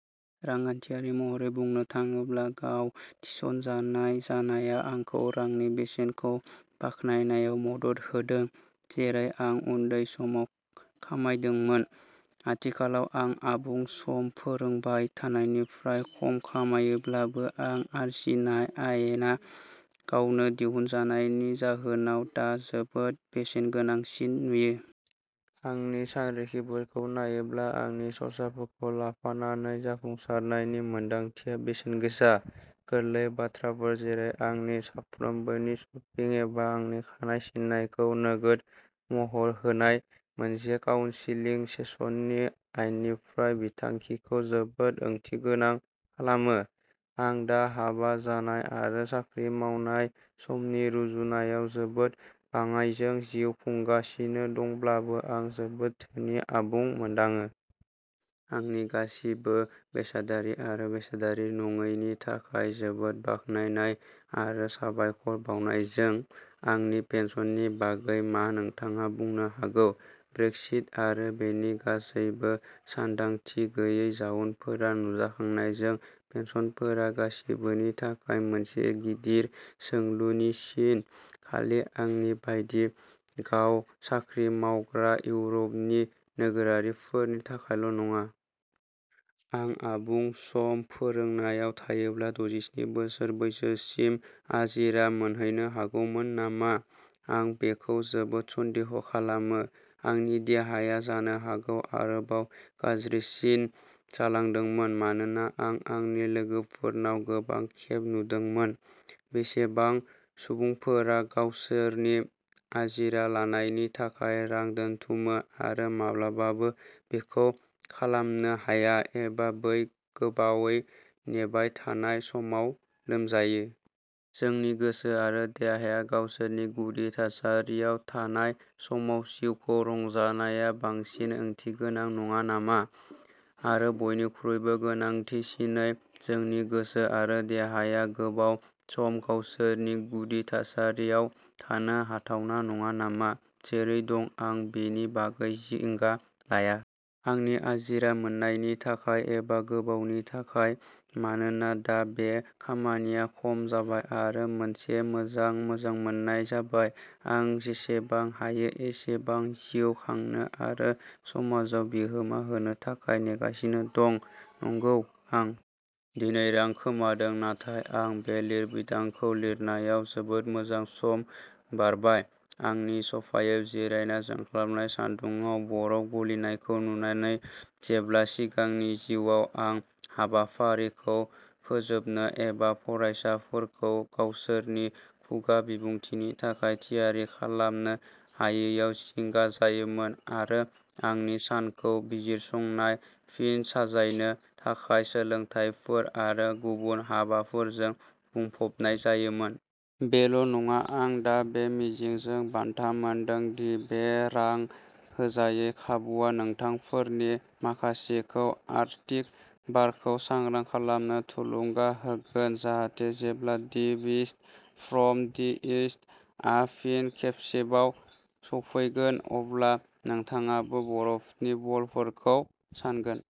रांखान्थियारि महरै बुंनो थाङोब्ला, गाव थिस'नजानाय जानाया आंखौ रांनि बेसेनखौ बाखनायनायाव मदद होदों, जेरै आं उन्दै समाव खामायदोंमोन। आथिखालाव आं आबुं सम फोरोंबाय थानायनिफ्राय खम खामायोब्लाबो, आं आरजिनाय आयआ गावनो दिहुनजानायनि जाहोनाव दा जोबोद बेसेनगोनांसिन नुयो। आंनि सानरिखिफोरखौ नायोब्ला, आंनि खर्साफोरखौ लाफानानै जाफुंसारनायनि मोनदांथिया बेसेनगोसा। गोरलै बाथ्राफोर, जेरै आंनि सानफ्रोमबोनि शपिं एबा आंनि खानाय सिननायखौ नोगोद महर होनाय, मोनसे काउन्सेलिं सेसननि आयनिफ्राय, बिथांखिखौ जोबोद ओंथिगोनां खालामो। आं दा हाबा जानाय आरो साख्रि मावनाय समनि रुजुनायाव जोबोद बाङाइजों जिउ खुंगासिनो दंब्लाबो, आं जोबोद धोनि, आबुं मोनदाङो। आंनि गासिबो बेसादारि आरो बेसादारि नङैनि थाखाय जोबोद बाखनायनाय आरो साबायखर बावनायजों। आंनि पेन्सननि बागै मा, नोंथाङा बुंनो हागौ? ब्रेक्सिट आरो बेनि गासैबो सानदांथि गैयै जाउनफोरा नुजाखांनायजों, पेन्सनफोरा गासिबोनि थाखाय मोनसे गिदिर सोंलुनि सिन, खालि आंनि बायदि गाव-साख्रि मावग्रा इउर'पनि नोगोरारिफोरनि थाखायल'नङा। आं आबुं-सम फोरोंनायाव थायोब्ला दजिस्नि बोसोर बैसोसिम आजिरा मोनहैनो हागौमोन नामा? आं बेखौ जोबोद सन्देह खालामो। आंनि देहाया जानो हागौ आरोबाव गाज्रिसिन जालांदोंमोन, मानोना आं आंनि लोगोफोरनाव गोबां खेब नुदोंमोन। बेसेबां सुबुंफोरा गावसोरनि आजिरा लानायनि थाखाय रां दोनथुमो आरो माब्लाबाबो बेखौ खालामनो हाया, एबा बै गोबावै नेबाय थानाय समाव लोमजायो। जोंनि गोसो आरो देहाया गावसोरनि गुदि थासारियाव थानाय समाव जिउखौ रंजानाया बांसिन ओंथिगोनां नङा नामा? आरो बयनिख्रुइबो गोनांसिनै, जोंनि गोसो आरो देहाया गोबाव सम गावसोरनि गुदि थासारियाव थानो हाथावना नङा नामा? जेरै दं, आं बेनि बागै जिंगा लाया। आंनि आजिरा मोन्नायनि थाखाय एबा गोबावनि थाखाय। मानोना, दा बे खामानिया खम जाबाय आरो मोनसे मोजां मोजांमोननाय जाबाय, आं जेसेबां हायो एसेबां जिउ खांनो आरो समाजआव बिहोमा होनो थाखाय नेगासिनो दं। नंगौ। आं दिनै रां खोमादों नाथाय आं बे लिरबिदांखौ लिरनायाव जोबोद मोजां सम बारबाय, आंनि स'फायाव जिरायना जोंख्लाबनाय सान्दुंआव बरफ गलिनायखौ नुनानै जेब्ला सिगांनि जिउआव आं हाबाफारिखौ फोजोबनो एबा फरायसाफोरखौ गावसोरनि खुगा बिबुंथिनि थाखाय थियारि खालामनो हायैयाव जिंगा जायोमोन, आरो आंनि सानखौ बिजिरसंनाय, फिन साजायनो थाखाय सोलोंथायफोर आरो गुबुन हाबाफोरजों बुंफबनाय जायोमोन। बेल'नङा, आं दा बे मिजिंजों बान्था मोनदों दि बे रां होजायै खाबुआ नोंथांफोरनि माखासेखौ आर्कटिक बारखौ सांग्रां खालामनो थुलुंगा होगोन जाहाथे, जेब्ला "the beast from the east" आ फिन खेबसेबाव सौफैगोन, अब्ला नोंथाङाबो बरफनि बलफोरखौ सानगोन।